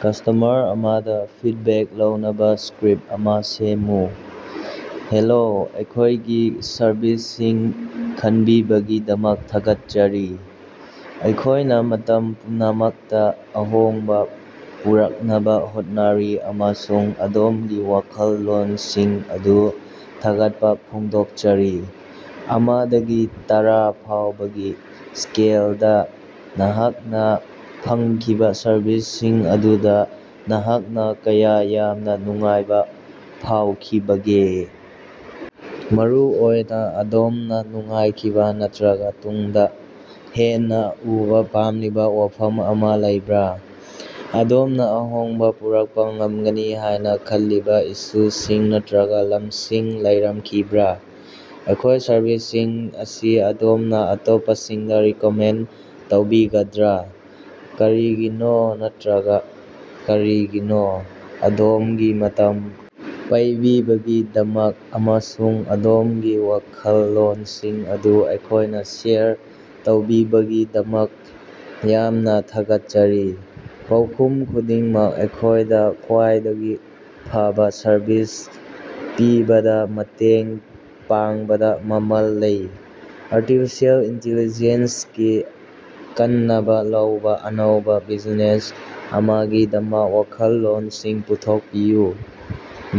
Customer ꯑꯃꯗ feedback ꯂꯧꯅꯕ script ꯑꯃ ꯁꯦꯝꯃꯨ꯫ ꯍꯦꯜꯂꯣ, ꯑꯩꯈꯣꯏꯒꯤ ꯁꯔꯚꯤꯁꯁꯤꯡ ꯈꯟꯕꯤꯕꯒꯤꯗꯃꯛ ꯊꯥꯒꯠꯆꯔꯤ꯫ ꯑꯩꯈꯣꯏꯅ ꯃꯇꯝ ꯄꯨꯝꯅꯃꯛꯇ ꯑꯍꯣꯡꯕ ꯄꯨꯔꯛꯅꯕꯥ ꯍꯣꯠꯅꯔꯤ ꯑꯃꯁꯨꯡ ꯑꯗꯣꯝꯒꯤ ꯋꯥꯈꯜꯂꯣꯟꯁꯤꯡ ꯑꯗꯨ ꯊꯥꯒꯠꯄ ꯐꯣꯡꯗꯣꯛꯆꯔꯤ꯫ ꯑꯃ ꯗꯒꯤ ꯇꯔꯥ ꯐꯥꯎꯕꯒꯤ ꯁ꯭ꯀꯦꯜꯗꯥ, ꯅꯍꯥꯛꯅ ꯐꯪꯈꯤꯕ ꯁꯔꯚꯤꯁꯁꯤꯡ ꯑꯗꯨꯗ ꯅꯍꯥꯛꯅ ꯀꯌꯥ ꯌꯥꯝꯅ ꯅꯨꯡꯉꯥꯏꯕ ꯐꯥꯎꯈꯤꯕꯒꯦ? ꯃꯔꯨꯑꯣꯏꯅ ꯑꯗꯣꯝꯅ ꯅꯨꯡꯉꯥꯏꯈꯤꯕ ꯅꯠꯇ꯭ꯔꯒ ꯇꯨꯡꯗ ꯍꯦꯟꯅ ꯎꯕꯥ ꯄꯥꯝꯂꯤꯕꯥ ꯋꯥꯐꯝ ꯑꯃ‌ ꯂꯩꯕꯔꯥ? ꯑꯗꯣꯝꯅ ꯑꯍꯣꯡꯕ ꯄꯨꯔꯛꯄ ꯉꯝꯒꯅꯤ ꯍꯥꯏꯅ ꯈꯜꯂꯤꯕ‌ ꯏꯁꯨꯁꯤꯡ ꯅꯠꯇꯔꯒ ꯂꯝꯁꯤꯡ ꯂꯩꯔꯝꯈꯤꯕꯔꯥ? ꯑꯩꯈꯣꯏꯒꯤ ꯁꯔꯚꯤꯁꯁꯤꯡ ꯑꯁꯤ ꯑꯗꯣꯝꯅ ꯑꯇꯣꯞꯄꯁꯤꯡꯗ ꯔꯤꯀꯃꯦꯟꯗ ꯇꯧꯕꯤꯒꯗ꯭ꯔꯥ? ꯀꯔꯤꯒꯤꯅꯣ ꯅꯠꯇꯔꯒ ꯀꯔꯤꯒꯤꯅꯣ? ꯑꯗꯣꯝꯒꯤ ꯃꯇꯝ ꯄꯩꯕꯤꯕꯒꯤꯗꯃꯛ ꯑꯃꯁꯨꯡ ꯑꯗꯣꯝꯒꯤ ꯋꯥꯈꯜꯂꯣꯟꯁꯤꯡ ꯑꯗꯨ ꯑꯩꯈꯣꯏꯗ ꯁꯦꯌꯔ ꯇꯧꯕꯤꯕꯒꯤꯗꯃꯛ ꯌꯥꯝꯅ ꯊꯥꯒꯠꯆꯔꯤ꯫ ꯄꯥꯎꯈꯨꯝ ꯈꯨꯗꯤꯡꯃꯛ ꯑꯩꯈꯣꯏ ꯈ꯭ꯋꯥꯏꯗꯒꯤ ꯐꯕꯥ ꯁꯔꯕꯤꯁ ꯄꯤꯕꯗꯥ ꯃꯇꯦꯡ ꯄꯥꯡꯕꯗꯥ ꯃꯃꯜ ꯂꯩ꯫ ꯑꯥꯔꯇꯤꯐꯤꯁꯤꯑꯦꯜ ꯏꯟꯇꯦꯂꯤꯖꯦꯟꯁꯀꯤ ꯀꯥꯟꯅꯕꯥ ꯂꯧꯕ ꯑꯅꯧꯕ ꯕꯤꯖꯤꯅꯦꯁ ꯑꯃꯒꯤꯗꯃꯛ ꯋꯥꯈꯜꯂꯣꯟꯁꯤꯡ ꯄꯨꯊꯣꯛꯄꯤꯌꯨ꯫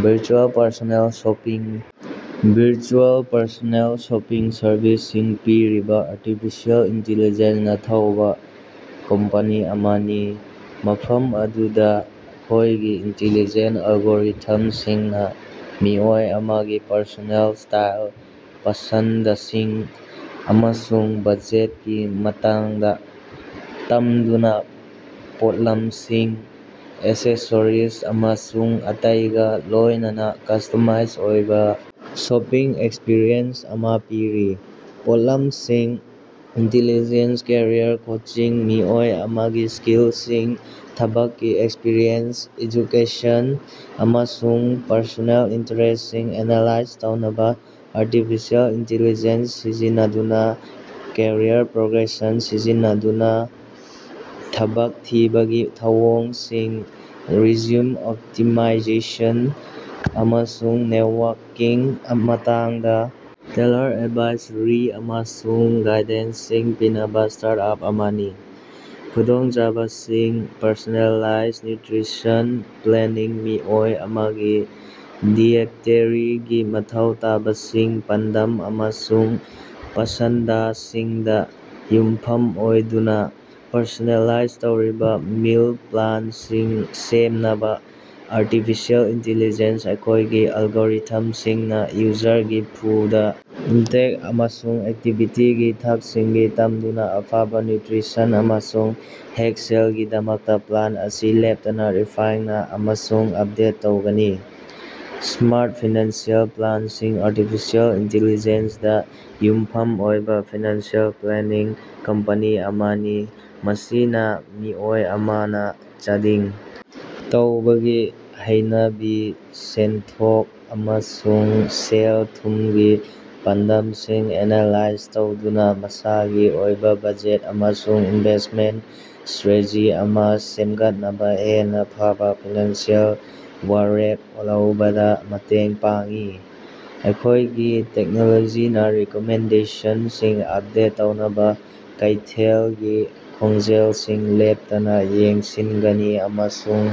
Virtual personal shopping virtual personal shopping ꯁꯔꯚꯤꯁꯁꯤꯡ ꯄꯤꯔꯤꯕ ꯑꯥꯔꯇꯤꯐꯤꯁꯤꯑꯦꯜ ꯏꯟꯇꯤꯂꯤꯖꯦꯟꯁ ꯅꯥ ꯊꯧꯕ ꯀꯝꯄꯦꯅꯤ ꯑꯃꯅꯤ, ꯃꯐꯝ ꯑꯗꯨꯗ ꯑꯩꯈꯣꯏꯒꯤ ꯏꯟꯇꯤꯂꯤꯖꯦꯟꯇ ꯑꯦꯜꯒꯣꯔꯤꯊꯝꯁꯤꯡꯅ ꯃꯤꯑꯣꯏ ꯑꯃꯒꯤ ꯄꯔꯁꯣꯅꯦꯜ ꯁ꯭ꯇꯥꯏꯜ, ꯄꯁꯟꯗꯁꯤꯡ, ꯑꯃꯁꯨꯡ ꯕꯖꯦꯠꯀꯤ ꯃꯇꯥꯡꯗ ꯇꯝꯗꯨꯅ ꯄꯣꯠꯂꯝꯁꯤꯡ, ꯑꯦꯛꯁꯦꯁꯥꯔꯤꯖ ꯑꯃꯁꯨꯡ ꯑꯇꯩꯒ ꯂꯣꯏꯅꯅ ꯀꯁ꯭ꯇꯃꯁ ꯑꯣꯏꯕ ꯁꯣꯄꯤꯡ ꯑꯦꯛꯁꯄꯤꯔꯤꯑꯦꯟꯁ ꯑꯃ ꯄꯤꯔꯤ꯫ ꯄꯣꯠꯂꯝꯁꯤꯡ, ꯏꯟꯇꯦꯂꯤꯖꯦꯟꯇ ꯀꯦꯔꯤꯌꯔ ꯀꯣꯆꯤꯡ - ꯃꯤꯑꯣꯏ ꯑꯃꯒꯤ ꯁ꯭ꯀꯤꯜꯁꯤꯡ, ꯊꯕꯛꯀꯤ ꯑꯦꯛꯁꯄꯤꯔꯤꯑꯦꯟꯁ, ꯑꯦꯖꯨꯀꯦꯁꯟ, ꯑꯃꯁꯨꯡ ꯄꯔꯁꯣꯅꯦꯜ ꯏꯟꯇꯔꯦꯁ꯭ꯇꯁꯤꯡ ꯑꯦꯅꯥꯂꯥꯏꯖ ꯇꯧꯅꯕ ꯑꯥꯔꯇꯤꯐꯤꯁꯤꯑꯦꯜ ꯏꯟꯇꯤꯂꯤꯖꯦꯟꯁ ꯁꯤꯖꯤꯟꯅꯗꯨꯅ ꯀꯦꯔꯤꯌꯔ ꯄ꯭ꯔꯣꯒ꯭ꯔꯦꯁꯟ, ꯊꯕꯛ ꯊꯤꯕꯒꯤ ꯊꯧꯑꯣꯡꯁꯤꯡ, ꯔꯤꯖ꯭ꯌꯨꯝ ꯑꯣꯞꯇꯤꯃꯥꯏꯖꯦꯁꯟ, ꯑꯃꯁꯨꯡ ꯅꯦꯠꯋꯥꯔꯀꯤꯡꯒꯤ ꯃꯇꯥꯡꯗ ꯇꯦꯜꯂꯔ ꯑꯦꯗꯚꯥꯏꯖꯔꯤ ꯑꯃꯁꯨꯡ ꯒꯥꯏꯗꯂꯥꯏꯟꯁꯤꯡ ꯄꯤꯅꯕ ꯁ꯭ꯇꯥꯔꯠ-ꯑꯞ ꯑꯃꯅꯤ꯫ ꯈꯨꯗꯣꯡꯆꯥꯕꯁꯤꯡ, ꯄꯔꯁꯣꯅꯥꯂꯥꯏꯖ ꯅ꯭ꯌꯨꯇꯔꯤꯁꯟ ꯄ꯭ꯂꯦꯅꯤꯡ - ꯃꯤꯑꯣꯏ ꯑꯃꯒꯤ ꯗꯤꯑꯦꯇꯔꯤꯒꯤ ꯃꯊꯧ ꯇꯥꯕꯁꯤꯡ, ꯄꯥꯟꯗꯝ ꯑꯃꯁꯨꯡ ꯄꯁꯟꯗꯁꯤꯡꯗ ꯌꯨꯝꯐꯝ ꯑꯣꯏꯗꯨꯅ ꯄꯔꯁꯣꯅꯦꯂꯥꯏꯖ ꯇꯧꯔꯕ ꯃꯤꯜ ꯄ꯭ꯂꯥꯟꯁꯤꯡ ꯁꯦꯝꯅꯕꯥ ꯑꯥꯔꯇꯤꯐꯤꯁꯤꯑꯦꯜ ꯏꯟꯇꯤꯂꯤꯖꯦꯟ꯭ꯁ ꯑꯩꯈꯣꯏꯒꯤ ꯑꯦꯜꯒꯣꯔꯤꯊꯝꯁꯤꯡꯅ ꯌꯨꯖꯔꯒꯤ ꯐꯨꯗ ꯏꯟꯇꯦꯛ ꯑꯃꯁꯨꯡ ꯑꯦꯛꯇꯤꯚꯤꯇꯤꯒꯤ ꯊꯥꯛꯁꯤꯡꯗꯒꯤ ꯇꯝꯗꯨꯅꯥ ꯑꯐꯕ ꯅ꯭ꯌꯨꯇ꯭ꯔꯤꯁꯟ ꯑꯃꯁꯨꯡ ꯍꯦꯛꯁꯦꯜꯒꯤꯗꯃꯛ ꯄ꯭ꯂꯥꯟ ꯑꯁꯤ ꯂꯦꯞꯇꯥꯅ ꯔꯤꯐꯥꯏꯟꯅꯥ ꯑꯃꯁꯨꯡ ꯑꯞꯗꯦꯠ ꯇꯧꯒꯅꯤ꯫ Smart financial planning - artificial intelligence ꯗꯥ ꯌꯨꯝꯐꯝ ꯑꯣꯏꯕ ꯐꯥꯏꯅꯥꯟꯁꯤꯑꯦꯜ ꯄ꯭ꯂꯥꯅꯤꯡ ꯀꯝꯄꯦꯅꯤ ꯑꯃꯅꯤ, ꯃꯁꯤꯅ ꯃꯤꯑꯣꯏ ꯑꯃꯅ ꯆꯥꯗꯤꯡ ꯇꯧꯕꯒꯤ ꯍꯩꯅꯕꯤ, ꯁꯦꯟꯊꯣꯛ, ꯑꯃꯁꯨꯡ ꯁꯦꯜ-ꯊꯨꯝꯒꯤ ꯄꯥꯟꯗꯝꯁꯤꯡ ꯑꯦꯅꯥꯂꯥꯏꯖ ꯇꯧꯗꯨꯅ ꯃꯁꯥꯒꯤ ꯑꯣꯏꯕ ꯕꯖꯦꯠ ꯑꯃꯁꯨꯡ ꯏꯟꯚꯦꯁ꯭ꯇꯃꯦꯟꯇ ꯁ꯭ꯇꯔꯦꯇꯦꯖꯤ ꯑꯃ ꯁꯦꯝꯒꯠꯅꯕ ꯍꯦꯟꯅ ꯐꯕꯥ ꯐꯥꯏꯅꯥꯟꯁꯤꯑꯦꯜ ꯋꯥꯔꯦꯞ ꯂꯧꯕꯗ ꯃꯇꯦꯡ ꯄꯥꯡꯏ꯫ ꯑꯩꯈꯣꯏꯒꯤ ꯇꯦꯛꯅꯣꯂꯣꯖꯤꯅ ꯔꯤꯀꯃꯦꯟꯗꯦꯁꯟꯁꯤꯡ ꯑꯞꯗꯦꯠ ꯇꯧꯅꯕ ꯀꯩꯊꯦꯜꯒꯤ ꯈꯣꯡꯖꯦꯜꯁꯤꯡ ꯂꯦꯞꯇꯅꯥ ꯌꯦꯡꯁꯤꯟꯒꯅꯤ ꯑꯃꯁꯨꯡ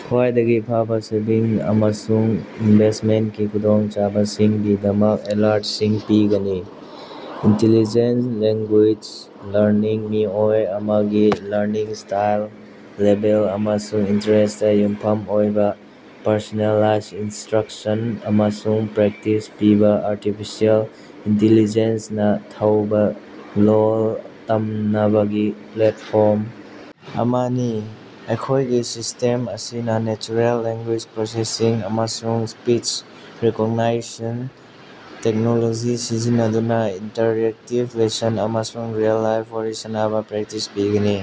ꯈ꯭ꯋꯥꯏꯗꯒꯤ ꯐꯕꯥ ꯁꯦꯚꯤꯡ ꯑꯃꯁꯨꯡ ꯏꯟꯚꯦꯁ꯭ꯇꯃꯦꯟꯇꯀꯤ ꯈꯨꯗꯣꯡꯆꯥꯕꯁꯤꯡꯒꯤꯗꯃꯛ ꯑꯦꯂ꯭ꯔꯠꯁꯤꯡ ꯄꯤꯒꯅꯤ꯫ ꯏꯟꯇꯦꯂꯤꯖꯦꯟꯇ ꯂꯦꯡꯒꯨꯌꯦꯖ ꯂꯔꯅꯤꯡ - ꯃꯤꯑꯣꯏ ꯑꯃꯒꯤ ꯂꯔꯅꯤꯡ ꯁ꯭ꯇꯥꯏꯜ, ꯂꯦꯚꯦꯜ ꯑꯃꯁꯨꯡ ꯏꯟꯇꯔꯦꯁ꯭ꯇꯇꯥ ꯌꯨꯝꯐꯝ ꯑꯣꯏꯕ ꯄꯔꯁꯣꯅꯦꯂꯥꯏꯖ ꯏꯟꯁꯇ꯭ꯔꯛꯁꯟ ꯑꯃꯁꯨꯡ ꯄ꯭ꯔꯦꯛꯇꯤꯁ ꯄꯤꯕ ꯑꯥꯔꯇꯤꯐꯤꯁꯤꯑꯦꯜ ꯏꯟꯇꯤꯂꯤꯖꯦꯟꯁ ꯅꯥ ꯊꯧꯕ ꯂꯣꯜ ꯇꯝꯅꯕꯒꯤ ꯄ꯭ꯂꯦꯠꯐꯣꯔꯝ ꯑꯃꯅꯤ꯫ ꯑꯩꯈꯣꯏꯒꯤ ꯁꯤꯁꯇꯦꯝ ꯑꯁꯤꯅ ꯅꯦꯆꯔꯦꯜ ꯂꯦꯡꯒꯨꯌꯦꯖ ꯄ꯭ꯔꯣꯁꯦꯁꯤꯡ ꯑꯃꯁꯨꯡ ꯁ꯭ꯄꯤꯆ ꯔꯤꯀꯣꯒꯅꯤꯁꯟ ꯇꯦꯛꯅꯣꯂꯣꯖꯤ ꯁꯤꯖꯤꯟꯅꯗꯨꯅ ꯏꯟꯇꯔꯦꯛꯇꯤꯕ ꯂꯦꯁꯟ ꯑꯃꯁꯨꯡ ꯔꯤꯑꯦꯜ-ꯂꯥꯏꯐ ꯋꯥꯔꯤ ꯁꯥꯅꯕꯥ ꯄ꯭ꯔꯦꯛꯇꯤꯁ ꯄꯤꯒꯅꯤ꯫